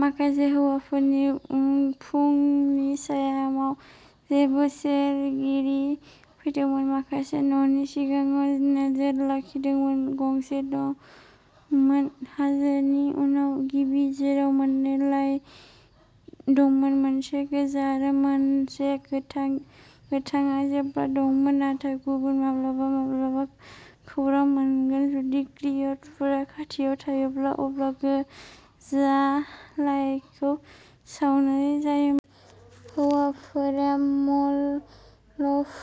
माखासे हौवाफोरनि फुंनि सायामाव जेबो सिरिगिरि फैदोंमोन। माखासे न'नि सिगाङाव नोजोर लाखिदोंमोन। गंसे नमोन, हाजोनि उनाव गिबि, जेराव मोननै लाइट दंमोन, मोनसे गोजा आरो मोनसे गोथां। गोथांआ जेब्ला दंमोन, नाथाय गुबुन माब्लाबा माब्लाबा खौरां मोनगोन, जुदि क्रिय'टफोर खाथियाव थायोब्ला, अब्ला गोजा लाइटखौ सावनाय जायोमोन। हौवाफोरा म'ल'हभ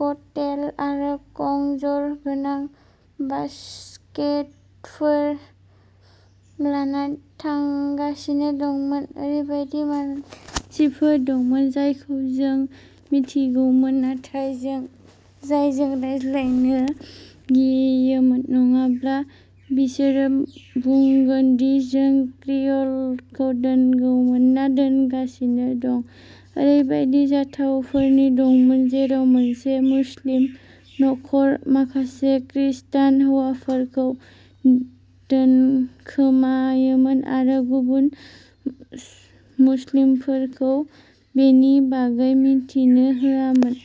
कटेल आरो खंजर गोनां बासकेटफोर लाना थांगासिनो दंमोन। ओरैबायदि मानसिफोर दंमोन जायखौ जों मिथिगौमोन, नाथाय जों जायजों रायज्लायनो गियोमोन नङाब्ला बिसोरो बुंगोन दि जों क्रेअ'लखौ दोनगौमोनना दोनगासिनो दं। ओरैबायदि जाथाफोरनि दंमोन जेराव मोनसे मुस्लिम नख'र माखासे खृस्टान हौवाफोरखौ दोनखोमायोमोन, आरो गुबुन मुसलिमफोरखौ बिनि बागै मिन्थिनो होआमोन।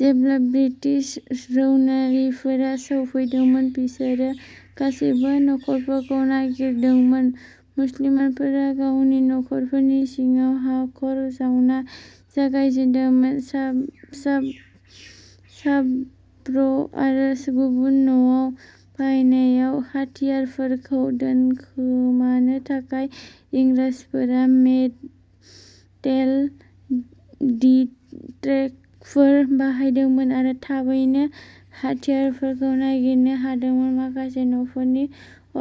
जेब्ला ब्रिटिश रौनारिफोरा सौफैदोंमोन, बिसोरो गासैबो न'खरफोरखौ नागिरदोंमोन। मुसलीमानफोरा गावनि न'खरफोरनि सिगाङाव हाखर जावना जागायजेनदोंमोन साब साब साब्र आरो सुबुन न'आव बायनाय आव हाथियारफोरखौ दोनखोमानो थाखाय। इंराजफोरा मेटेल डिटे्क्टफोर बाहायदोंमोन आरो थाबैनो हाथियारफोरखौ नागिरनो हादोंमोन। माखासे न'फोरनि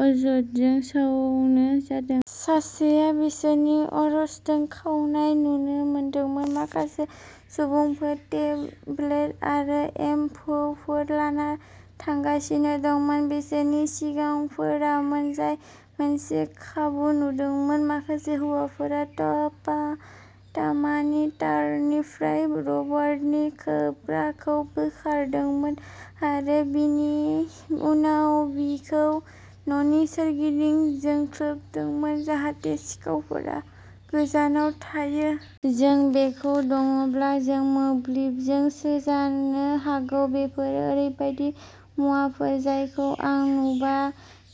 अजदजों सावनाय जादों। सासेआ बिसोरनि अरसजों खावनाय नुनो मोनदोंमोन। माखासे सुबुंफोर टेब्ले आरो एम्फौ फोर लाना थांगासिनो दंमोन। बिसोरनि सिगांफोरामोन जाय मोनसे खाबु नुदोंमोन। माखासे हौवाफोरा तपा तामानि तारनिफ्राय रबरनि खोबग्राखौ बोखारदोंमोन आरो बिनि उनाव बेखौ न'नि सोरगिदिं जोख्लोबदोंमोन जाहाथे सिखावफोरा गोजानाव थायो। जों बेखौ दंंब्ला, जों मोब्लिबजों सैजानो हागौ। बेफोरो ओरैबायदि मुवाफोर जायखौ आं नुबा।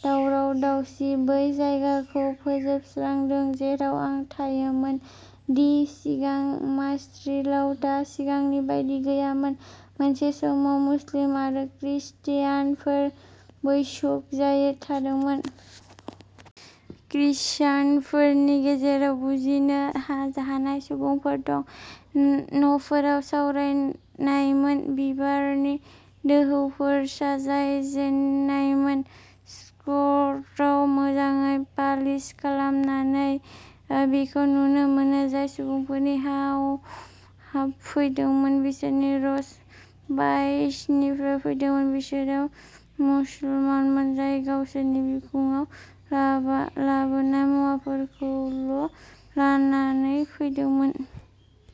दावराव-दावसि बै जायगाखौ फोजोबस्रांदों जेराव आं थायोमोन। दि सिगां मार्शियेलआव दा सिगांनि बादि गैयामोन। मोनसे समाव मुस्लिम आरो क्रिसटानफोर बैसक जायै थादोंमोन। क्रिश्चियानफोरनि गेजेराव'बुजिनो हा हानाय'सुबुंफोर दं। न'फोराव सावरायनायमोन, बिबारनि दोहौफोर साजायजेननायमोन। स्क'टआव मोजाङै पालिश खालामनानै। बेखौ नुनो मोनो। जाय सुबुंफोरनि हाबफैदोंमोन बिसोरनि र'च बइसनिफ्राय फैदोंमोन; बिसोरो मुसलमानमोन जाय गावसोरनि बिखुङाव लाबोनाय मुवाफोरखौल'लानानै फैदोंमोन।